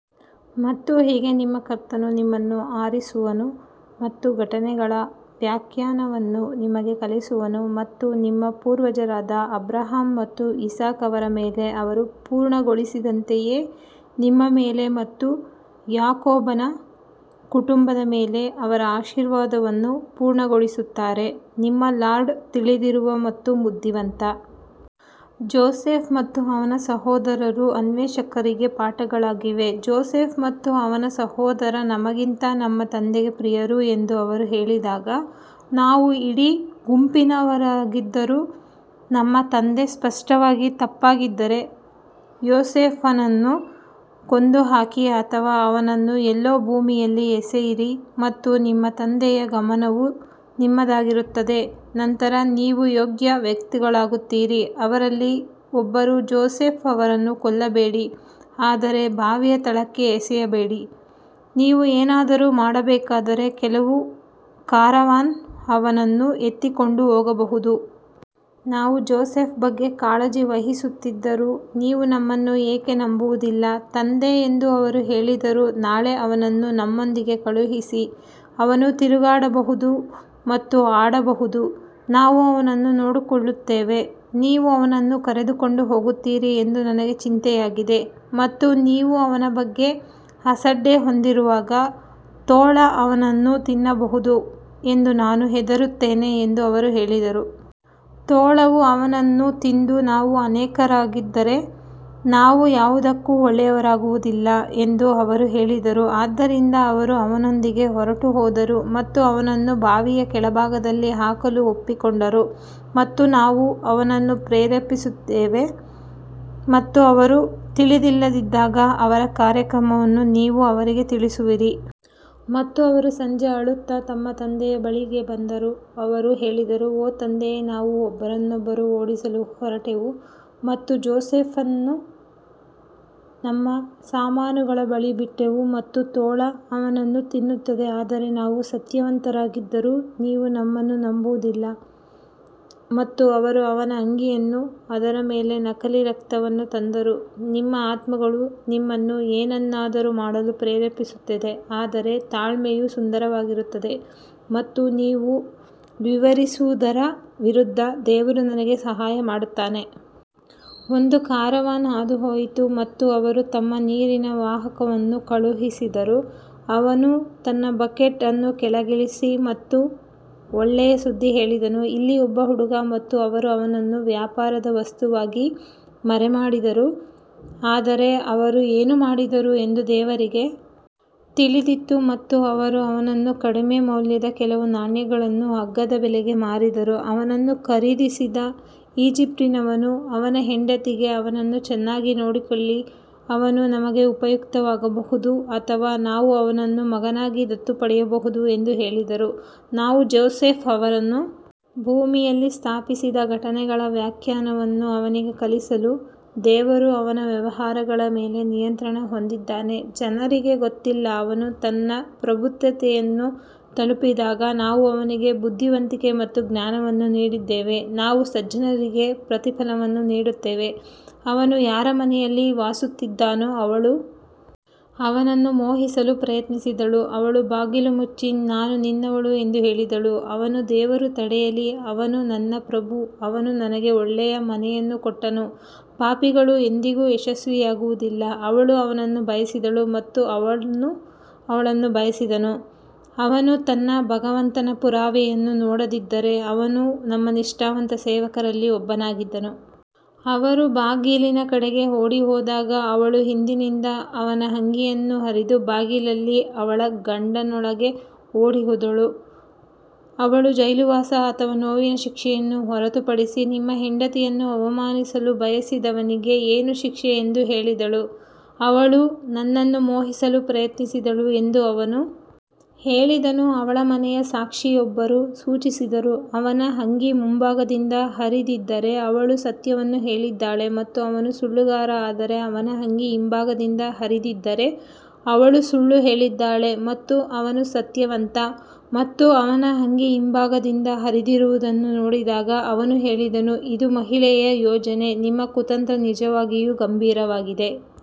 ಮತ್ತು ಹೀಗೆ ನಿಮ್ಮ ಕರ್ತನು ನಿಮ್ಮನ್ನು ಆರಿಸುವನು ಮತ್ತು ಘಟನೆಗಳ ವ್ಯಾಖ್ಯಾನವನ್ನು ನಿಮಗೆ ಕಲಿಸುವನು ಮತ್ತು ನಿಮ್ಮ ಪೂರ್ವಜರಾದ ಅಬ್ರಹಾಂ ಮತ್ತು ಇಸಾಕ್ ಅವರ ಮೇಲೆ ಅವರು ಪೂರ್ಣಗೊಳಿಸಿದಂತೆಯೇ ನಿಮ್ಮ ಮೇಲೆ ಮತ್ತು ಯಾಕೋಬನ ಕುಟುಂಬದ ಮೇಲೆ ಅವರ ಆಶೀರ್ವಾದವನ್ನು ಪೂರ್ಣಗೊಳಿಸುತ್ತಾರೆ ನಿಮ್ಮ ಲಾರ್ಡ್ ತಿಳಿದಿರುವ ಮತ್ತು ಬುದ್ಧಿವಂತ. ಜೋಸೆಫ್ ಮತ್ತು ಅವನ ಸಹೋದರರು ಅನ್ವೇಷಕರಿಗೆ ಪಾಠಗಳಾಗಿವೆ ಜೋಸೆಫ್ ಮತ್ತು ಅವನ ಸಹೋದರ ನಮಗಿಂತ ನಮ್ಮ ತಂದೆಗೆ ಪ್ರಿಯರು ಎಂದು ಅವರು ಹೇಳಿದಾಗ, ನಾವು ಇಡೀ ಗುಂಪಿನವರಾಗಿದ್ದರೂ ನಮ್ಮ ತಂದೆ ಸ್ಪಷ್ಟವಾಗಿ ತಪ್ಪಾಗಿದ್ದಾರೆ ಯೋಸೇಫನನ್ನು ಕೊಂದುಹಾಕಿ ಅಥವಾ ಅವನನ್ನು ಎಲ್ಲೋ ಭೂಮಿಯಲ್ಲಿ ಎಸೆಯಿರಿ ಮತ್ತು ನಿಮ್ಮ ತಂದೆಯ ಗಮನವು ನಿಮ್ಮದಾಗಿರುತ್ತದೆ ನಂತರ ನೀವು ಯೋಗ್ಯ ವ್ಯಕ್ತಿಗಳಾಗುತ್ತೀರಿ ಅವರಲ್ಲಿ ಒಬ್ಬರು ಜೋಸೆಫ್ ಅವರನ್ನು ಕೊಲ್ಲಬೇಡಿ ಆದರೆ ಬಾವಿಯ ತಳಕ್ಕೆ ಎಸೆಯಬೇಡಿ, ನೀವು ಏನಾದರೂ ಮಾಡಬೇಕಾದರೆ ಕೆಲವು ಕಾರವಾನ್ ಅವನನ್ನು ಎತ್ತಿಕೊಂಡು ಹೋಗಬಹುದು. ನಾವು ಜೋಸೆಫ್ ಬಗ್ಗೆ ಕಾಳಜಿ ವಹಿಸುತ್ತಿದ್ದರೂ ನೀವು ನಮ್ಮನ್ನು ಏಕೆ ನಂಬುವುದಿಲ್ಲ ತಂದೆ ಎಂದು ಅವರು ಹೇಳಿದರು ನಾಳೆ ಅವನನ್ನು ನಮ್ಮೊಂದಿಗೆ ಕಳುಹಿಸಿ, ಅವನು ತಿರುಗಾಡಬಹುದು ಮತ್ತು ಆಡಬಹುದು, ನಾವು ಅವನನ್ನು ನೋಡಿಕೊಳ್ಳುತ್ತೇವೆ ನೀವು ಅವನನ್ನು ಕರೆದುಕೊಂಡು ಹೋಗುತ್ತೀರಿ ಎಂದು ನನಗೆ ಚಿಂತೆಯಾಗಿದೆ ಮತ್ತು ನೀವು ಅವನ ಬಗ್ಗೆ ಅಸಡ್ಡೆ ಹೊಂದಿರುವಾಗ ತೋಳ ಅವನನ್ನು ತಿನ್ನಬಹುದು ಎಂದು ನಾನು ಹೆದರುತ್ತೇನೆ ಎಂದು ಅವರು ಹೇಳಿದರು. ತೋಳವು ಅವನನ್ನು ತಿಂದು ನಾವು ಅನೇಕರಾಗಿದ್ದರೆ ನಾವು ಯಾವುದಕ್ಕೂ ಒಳ್ಳೆಯವರಾಗುವುದಿಲ್ಲ ಎಂದು ಅವರು ಹೇಳಿದರು ಆದ್ದರಿಂದ ಅವರು ಅವನೊಂದಿಗೆ ಹೊರಟುಹೋದರು ಮತ್ತು ಅವನನ್ನು ಬಾವಿಯ ಕೆಳಭಾಗದಲ್ಲಿ ಹಾಕಲು ಒಪ್ಪಿಕೊಂಡರು ಮತ್ತು ನಾವು ಅವನನ್ನು ಪ್ರೇರೇಪಿಸಿದ್ದೇವೆ ಮತ್ತು ಅವರು ತಿಳಿದಿಲ್ಲದಿದ್ದಾಗ ಅವರ ಈ ಕಾರ್ಯವನ್ನು ನೀವು ಅವರಿಗೆ ತಿಳಿಸುವಿರಿ. ಮತ್ತು ಅವರು ಸಂಜೆ ಅಳುತ್ತಾ ತಮ್ಮ ತಂದೆಯ ಬಳಿಗೆ ಬಂದರು ಅವರು ಹೇಳಿದರು ಓ ತಂದೆಯೇ ನಾವು ಒಬ್ಬರನ್ನೊಬ್ಬರು ಓಡಿಸಲು ಹೊರಟೆವು ಮತ್ತು ಜೋಸೆಫ್ನನ್ನು ನಮ್ಮ ಸಾಮಾನುಗಳ ಬಳಿ ಬಿಟ್ಟೆವು ಮತ್ತು ತೋಳ ಅವನನ್ನು ತಿನ್ನುತ್ತದೆ ಆದರೆ ನಾವು ಸತ್ಯವಂತರಾಗಿದ್ದರೂ ನೀವು ನಮ್ಮನ್ನು ನಂಬುವುದಿಲ್ಲ ಮತ್ತು ಅವರು ಅವನ ಅಂಗಿಯನ್ನು ಅದರ ಮೇಲೆ ನಕಲಿ ರಕ್ತವನ್ನು ತಂದರು, ನಿಮ್ಮ ಆತ್ಮಗಳು ನಿಮ್ಮನ್ನು ಏನನ್ನಾದರೂ ಮಾಡಲು ಪ್ರೇರೇಪಿಸುತ್ತವೆ ಆದರೆ ತಾಳ್ಮೆಯು ಸುಂದರವಾಗಿರುತ್ತದೆ ಮತ್ತು ನೀವು ವಿವರಿಸುವುದರ ವಿರುದ್ಧ ದೇವರು ನನಗೆ ಸಹಾಯ ಮಾಡುತ್ತಾನೆ. ಒಂದು ಕಾರವಾನ್ ಹಾದುಹೋಯಿತು ಮತ್ತು ಅವರು ತಮ್ಮ ನೀರಿನ ವಾಹಕವನ್ನು ಕಳುಹಿಸಿದರು, ಅವನು ತನ್ನ ಬಕೆಟ್ ಅನ್ನು ಕೆಳಗಿಳಿಸಿ ಮತ್ತು ಒಳ್ಳೆಯ ಸುದ್ದಿ ಹೇಳಿದನು ಇಲ್ಲಿ ಒಬ್ಬ ಹುಡುಗ ಮತ್ತು ಅವರು ಅವನನ್ನು ವ್ಯಾಪಾರದ ವಸ್ತುವಾಗಿ ಮರೆಮಾಡಿದರು ಆದರೆ ಅವರು ಏನು ಮಾಡಿದರು ಎಂದು ದೇವರಿಗೆ ತಿಳಿದಿತ್ತು ಮತ್ತು ಅವರು ಅವನನ್ನು ಕಡಿಮೆ ಮೌಲ್ಯದ ಕೆಲವು ನಾಣ್ಯಗಳನ್ನು ಅಗ್ಗದ ಬೆಲೆಗೆ ಮಾರಿದರು ಅವನನ್ನು ಖರೀದಿಸಿದ ಈಜಿಪ್ಟಿನವನು ಅವನ ಹೆಂಡತಿಗೆ ಅವನನ್ನು ಚೆನ್ನಾಗಿ ನೋಡಿಕೊಳ್ಳಿ ಅವನು ನಮಗೆ ಉಪಯುಕ್ತವಾಗಬಹುದು ಅಥವಾ ನಾವು ಅವನನ್ನು ಮಗನಾಗಿ ದತ್ತು ಪಡೆಯಬಹುದು ಎಂದು ಹೇಳಿದರು ನಾವು ಜೋಸೆಫ್ ಅವರನ್ನು ಭೂಮಿಯಲ್ಲಿ ಸ್ಥಾಪಿಸಿದ ಘಟನೆಗಳ ವ್ಯಾಖ್ಯಾನವನ್ನು ಅವನಿಗೆ ಕಲಿಸಲು ದೇವರು ಅವನ ವ್ಯವಹಾರಗಳ ಮೇಲೆ ನಿಯಂತ್ರಣ ಹೊಂದಿದ್ದಾನೆ ಜನರಿಗೆ ಗೊತ್ತಿಲ್ಲ ಅವನು ತನ್ನ ಪ್ರಬುದ್ಧತೆಯನ್ನು ತಲುಪಿದಾಗ ನಾವು ಅವನಿಗೆ ಬುದ್ಧಿವಂತಿಕೆ ಮತ್ತು ಜ್ಞಾನವನ್ನು ನೀಡಿದ್ದೇವೆ ನಾವು ಸಜ್ಜನರಿಗೆ ಪ್ರತಿಫಲವನ್ನು ನೀಡುತ್ತೇವೆ ಅವನು ಯಾರ ಮನೆಯಲ್ಲಿ ವಾಸಿಸುತ್ತಿದ್ದಾನೋ ಅವಳು ಅವನನ್ನು ಮೋಹಿಸಲು ಪ್ರಯತ್ನಿಸಿದಳು ಅವಳು ಬಾಗಿಲು ಮುಚ್ಚಿ ನಾನು ನಿನ್ನವಳು ಎಂದು ಹೇಳಿದಳು ಅವನು ದೇವರು ತಡೆಯಲಿ ಅವನು ನನ್ನ ಪ್ರಭು ಅವನು ನನಗೆ ಒಳ್ಳೆಯ ಮನೆಯನ್ನು ಕೊಟ್ಟನು ಪಾಪಿಗಳು ಎಂದಿಗೂ ಯಶಸ್ವಿಯಾಗುವುದಿಲ್ಲ ಅವಳು ಅವನನ್ನು ಬಯಸಿದಳು ಮತ್ತು ಅವನು ಅವಳನ್ನು ಬಯಸಿದನು ಅವನು ತನ್ನ ಭಗವಂತನ ಪುರಾವೆಯನ್ನು ನೋಡದಿದ್ದರೆ ಅವನು ನಮ್ಮ ನಿಷ್ಠಾವಂತ ಸೇವಕರಲ್ಲಿ ಒಬ್ಬನಾಗಿದ್ದನು. ಅವರು ಬಾಗಿಲಿನ ಕಡೆಗೆ ಓಡಿಹೋದಾಗ ಅವಳು ಹಿಂದಿನಿಂದ ಅವನ ಅಂಗಿಯನ್ನು ಹರಿದು ಬಾಗಿಲಲ್ಲಿ ಅವಳ ಗಂಡನೊಳಗೆ ಓಡಿಹೋದಳು ಅವಳು ಜೈಲುವಾಸ ಅಥವಾ ನೋವಿನ ಶಿಕ್ಷೆಯನ್ನು ಹೊರತುಪಡಿಸಿ ನಿಮ್ಮ ಹೆಂಡತಿಯನ್ನು ಅವಮಾನಿಸಲು ಬಯಸಿದವನಿಗೆ ಏನು ಶಿಕ್ಷೆ ಎಂದು ಹೇಳಿದಳು. ಅವಳು ನನ್ನನ್ನು ಮೋಹಿಸಲು ಪ್ರಯತ್ನಿಸಿದಳು ಎಂದು ಅವನು ಹೇಳಿದನು ಅವಳ ಮನೆಯ ಸಾಕ್ಷಿಯೊಬ್ಬರು ಸೂಚಿಸಿದರು ಅವನ ಅಂಗಿ ಮುಂಭಾಗದಿಂದ ಹರಿದಿದ್ದರೆ ಅವಳು ಸತ್ಯವನ್ನು ಹೇಳಿದ್ದಾಳೆ ಮತ್ತು ಅವನು ಸುಳ್ಳುಗಾರ ಆದರೆ ಅವನ ಅಂಗಿ ಹಿಂಭಾಗದಿಂದ ಹರಿದಿದ್ದರೆ ಅವಳು ಸುಳ್ಳು ಹೇಳಿದ್ದಾಳೆ ಮತ್ತು ಅವನು ಸತ್ಯವಂತ ಮತ್ತು ಅವನ ಅಂಗಿ ಹಿಂಭಾಗದಿಂದ ಹರಿದಿರುವುದನ್ನು ನೋಡಿದಾಗ ಅವನು ಹೇಳಿದನು ಇದು ಮಹಿಳೆಯ ಯೋಜನೆ ನಿಮ್ಮ ಕುತಂತ್ರ ನಿಜವಾಗಿಯೂ ಗಂಭೀರವಾಗಿದೆ.